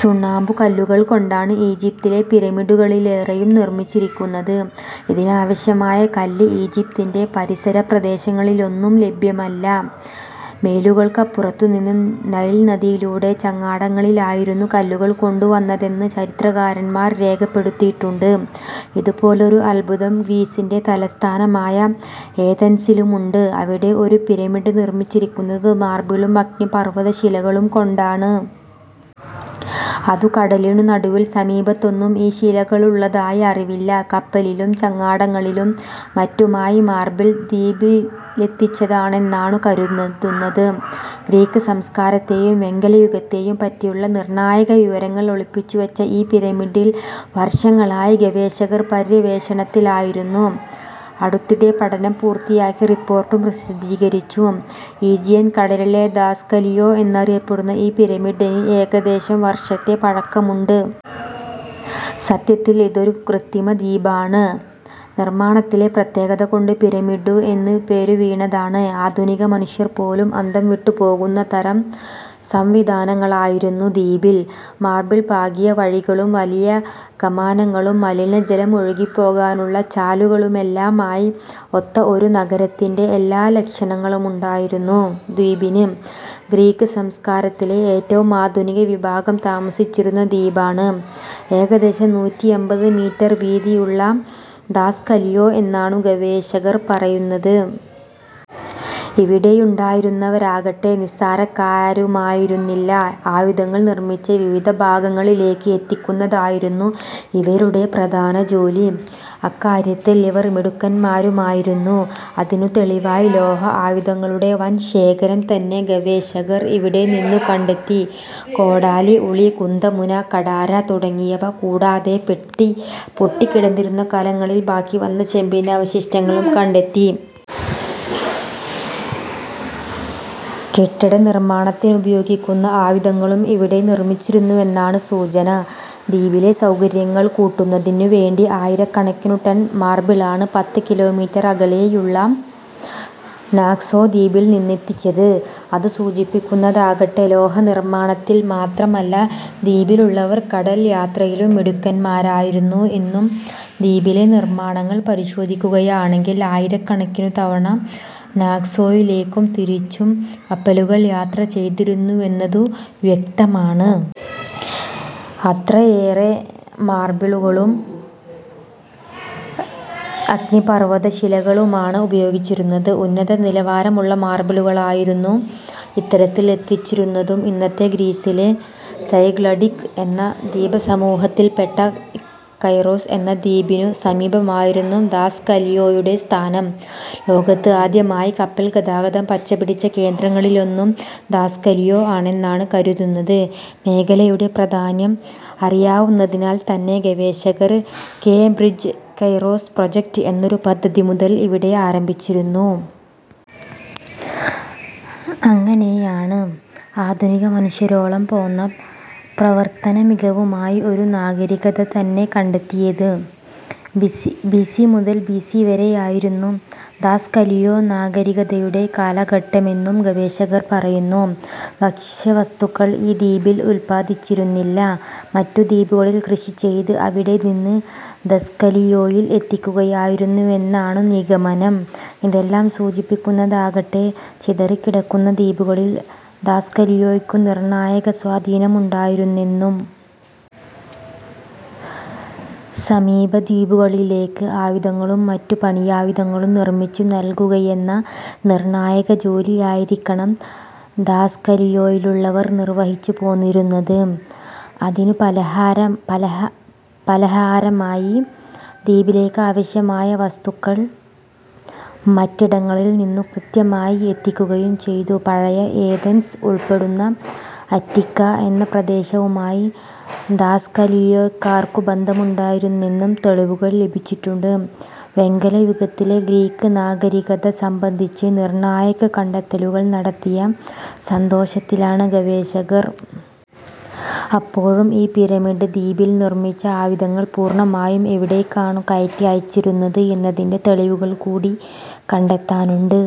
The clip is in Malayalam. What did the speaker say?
ചുണ്ണാമ്പുകല്ലുകൾ കൊണ്ടാണ് ഈജിപ്തിലെ പിരമിഡുകളിലേറെയും നിർമിച്ചിരിക്കുന്നത്. ഇതിനാവശ്യമായ കല്ല് ഈജിപ്തിന്‍റെ പരിസര പ്രദേശങ്ങളിലൊന്നും ലഭ്യമല്ല. മൈലുകൾക്കപ്പുറത്തു നിന്ന് നൈൽ നദിയിലൂടെ ചങ്ങാടങ്ങളിലായിരുന്നു കല്ലുകൾ കൊണ്ടുവന്നതെന്ന് ചരിത്രകാരന്മാർ രേഖപ്പെടുത്തിയിട്ടുണ്ട്. ഇതുപോലൊരു അദ്ഭുതം ഗ്രീസിന്‍റെ തലസ്ഥാനമായ ഏതൻസിലുമുണ്ട്. അവിടെ ഒരു ' പിരമിഡ് ' നിർമിച്ചിരിക്കുന്നത് മാർബിളും അഗ്നിപർവതശിലകളും കൊണ്ടാണ്. അതും കടലിനു നടുവിൽ. സമീപത്തൊന്നും ഈ ശിലകളുള്ളതായി അറിവില്ല. കപ്പലിലും ചങ്ങാടങ്ങളിലും മറ്റുമായി മാർബിൾ ദ്വീപിലെത്തിച്ചതാണെന്നാണു കരുന്നതുന്നത്. ഗ്രീക്ക് സംസ്കാരത്തെയും വെങ്കലയുഗത്തെയും പറ്റിയുള്ള നിർണായക വിവരങ്ങൾ ഒളിപ്പിച്ചു വച്ച ഈ പിരമിഡിൽ വർഷങ്ങളായി ഗവേഷകർ പര്യവേഷണത്തിലായിരുന്നു. അടുത്തിടെ പഠനം പൂർത്തിയാക്കി റിപ്പോർട്ടും പ്രസിദ്ധീകരിച്ചു. ഈജിയൻ കടലിലെ ധാസ്കലിയോ എന്നറിയപ്പെടുന്ന ഈ പിരമിഡിന് ഏകദേശം വർഷത്തെ പഴക്കമുണ്ട്. സത്യത്തിൽ ഇതൊരു കൃത്രിമദ്വീപാണ്. നിർമാണത്തിലെ പ്രത്യേകത കൊണ്ട് പിരമിഡ് എന്നു പേരു വീണതാണ്. ആധുനിക മനുഷ്യർ പോലും അന്തംവിട്ടു പോകുന്ന തരം സംവിധാനങ്ങളായിരുന്നു ദ്വീപിൽ. മാർബിൾ പാകിയ വഴികളും വലിയ കമാനങ്ങളും മലിനജലം ഒഴുകിപ്പോകാനുള്ള ചാലുകളുമെല്ലാമായി ഒത്ത ഒരു നഗരത്തിന്‍റെ എല്ലാ ലക്ഷണങ്ങളുമുണ്ടായിരുന്നു ദ്വീപിന്. ഗ്രീക്ക് സംസ്കാരത്തിലെ ഏറ്റവും ആധുനികവിഭാഗം താമസിച്ചിരുന്ന ദ്വീപാണ് ഏകദേശം നൂറ്റിയമ്പത് മീറ്റർ വീതിയുള്ള ധാസ്കലിയോ എന്നാണു ഗവേഷകർ പറയുന്നത്. ഇവിടെയുണ്ടായിരുന്നവരാകട്ടെ നിസ്സാരക്കാരുമായിരുന്നില്ല. ആയുധങ്ങൾ നിർമിച്ച് വിവിധ ഭാഗങ്ങളിലേക്ക് എത്തിക്കുന്നതായിരുന്നു ഇവരുടെ പ്രധാന ജോലി. അക്കാര്യത്തിൽ ഇവർ മിടുക്കന്മാരുമായിരുന്നു. അതിനു തെളിവായി ലോഹ ആയുധങ്ങളുടെ വൻ ശേഖരം തന്നെ ഗവേഷകർ ഇവിടെ നിന്നു കണ്ടെത്തി. കോടാലി, ഉളി, കുന്തമുന, കഠാര തുടങ്ങിയവ കൂടാതെ പെട്ടി പൊട്ടിക്കിടന്നിരുന്ന കലങ്ങളിൽ ബാക്കി വന്ന ചെമ്പിന്‍റെ അവശിഷ്ടങ്ങളും കണ്ടെത്തി. കെട്ടിട നിർമാണത്തിനുപയോഗിക്കുന്ന ആയുധങ്ങളും ഇവിടെ നിർമിച്ചിരുന്നുവെന്നാണു സൂചന. ദ്വീപിലെ സൗകര്യങ്ങൾ കൂട്ടുന്നതിനു വേണ്ടി ആയിരക്കണക്കിനു ടൺ മാർബിളാണ് പത്ത് കിലോമീറ്റർ അകലെയുള്ള നാക്സോ ദ്വീപിൽ നിന്നെത്തിച്ചത്. അതു സൂചിപ്പിക്കുന്നതാകട്ടെ, ലോഹനിർമാണത്തിൽ മാത്രമല്ല, ദ്വീപിലുള്ളവർ കടൽയാത്രയിലും മിടുക്കന്മാരായിരുന്നു എന്നും. ദ്വീപിലെ നിർമാണങ്ങൾ പരിശോധിക്കുകയാണെങ്കിൽ ആയിരക്കണക്കിനു തവണ നാക്സോയിലേക്കും തിരിച്ചും കപ്പലുകൾ യാത്ര ചെയ്തിരുന്നുവെന്നതു വ്യക്തമാണ്. അത്രയേറെ മാർബിളുകളും അഗ്നിപർവത ശിലകളുമാണ് ഉപയോഗിച്ചിരുന്നത്. ഉന്നത നിലവാരമുള്ള മാർബിളുകളായിരുന്നു ഇത്തരത്തിൽ എത്തിച്ചിരുന്നതും. ഇന്നത്തെ ഗ്രീസിലെ സെഗ്ലഡിക് എന്ന ദ്വീപുസമൂഹത്തിൽപ്പെട്ട കൈറോസ് എന്ന ദ്വീപിനു സമീപമായിരുന്നു ധാസ്കലിയോയുടെ സ്ഥാനം. ലോകത്ത് ആദ്യമായി കപ്പൽ ഗതാഗതം പച്ചപിടിച്ച കേന്ദ്രങ്ങളിലൊന്നും ധാസ്കലിയോ ആണെന്നാണു കരുതുന്നത്. മേഖലയുടെ പ്രധാന്യം അറിയാവുന്നതിനാൽത്തന്നെ ഗവേഷകർ കേംബ്രിജ് കെറോസ് പ്രോജക്ട് എന്നൊരു പദ്ധതി മുതൽ ഇവിടെ ആരംഭിച്ചിരുന്നു. അങ്ങനെയാണ് ആധുനിക മനുഷ്യരോളം പോന്ന പ്രവർത്തനമികവുമായി ഒരു നാഗരികത തന്നെ കണ്ടെത്തിയത്. ബിസി ബിസി മുതൽ ബിസി വരെയായിരുന്നു ധാസ്കലിയോ നാഗരികതയുടെ കാലഘട്ടമെന്നും ഗവേഷകർ പറയുന്നു. ഭക്ഷ്യവസ്തുക്കള്‍ ഈ ദ്വീപിൽ ഉൽപാദിച്ചിരുന്നില്ല. മറ്റു ദ്വീപുകളില്‍ കൃഷി ചെയ്ത് അവിടെ നിന്ന് ധാസ്കലിയോയിൽ എത്തിക്കുകയായിരുന്നുവെന്നാണു നിഗമനം. ഇതെല്ലാം സൂചിപ്പിക്കുന്നതാകട്ടെ, ചിതറിക്കിടക്കുന്ന ദ്വീപുകളിൽ ധാസ്കലിയോയ്ക്കു നിർണായക സ്വാധീനമുണ്ടായിരുന്നെന്നും. സമീപദ്വീപുകളിലേക്ക് ആയുധങ്ങളും മറ്റു പണിയായുധങ്ങളും നിർമിച്ചു നൽകുകയെന്ന നിർണായക ജോലിയായിരിക്കണം ധാസ്കലിയോയിലുള്ളവർ നിർവഹിച്ചു പോന്നിരുന്നത്. അതിനു പലഹാര പല പലഹാരമായി ദ്വീപിലേക്കാവശ്യമായ വസ്തുക്കൾ മറ്റിടങ്ങളിൽ നിന്നു കൃത്യമായി എത്തിക്കുകയും ചെയ്തു. പഴയ ഏതൻസ് ഉൾപ്പെടുന്ന അറ്റിക്ക എന്ന പ്രദേശവുമായി ധാസ്കലിയോക്കാർക്കു ബന്ധമുണ്ടായിരുന്നെന്നും തെളിവുകൾ ലഭിച്ചിട്ടുണ്ട്. വെങ്കലയുഗത്തിലെ ഗ്രീക്ക് നാഗരികത സംബന്ധിച്ച് നിർണായക കണ്ടെത്തലുകൾ നടത്തിയ സന്തോഷത്തിലാണ് ഗവേഷകർ. അപ്പോഴും ഈ ' പിരമിഡ് ദ്വീപിൽ ' നിർമിച്ച ആയുധങ്ങൾ പൂർണമായും എവിടേക്കാണു കയറ്റി അയച്ചിരുന്നത് എന്നതിന്‍റെ തെളിവുകൾ കൂടി കണ്ടെത്താനുണ്ട്.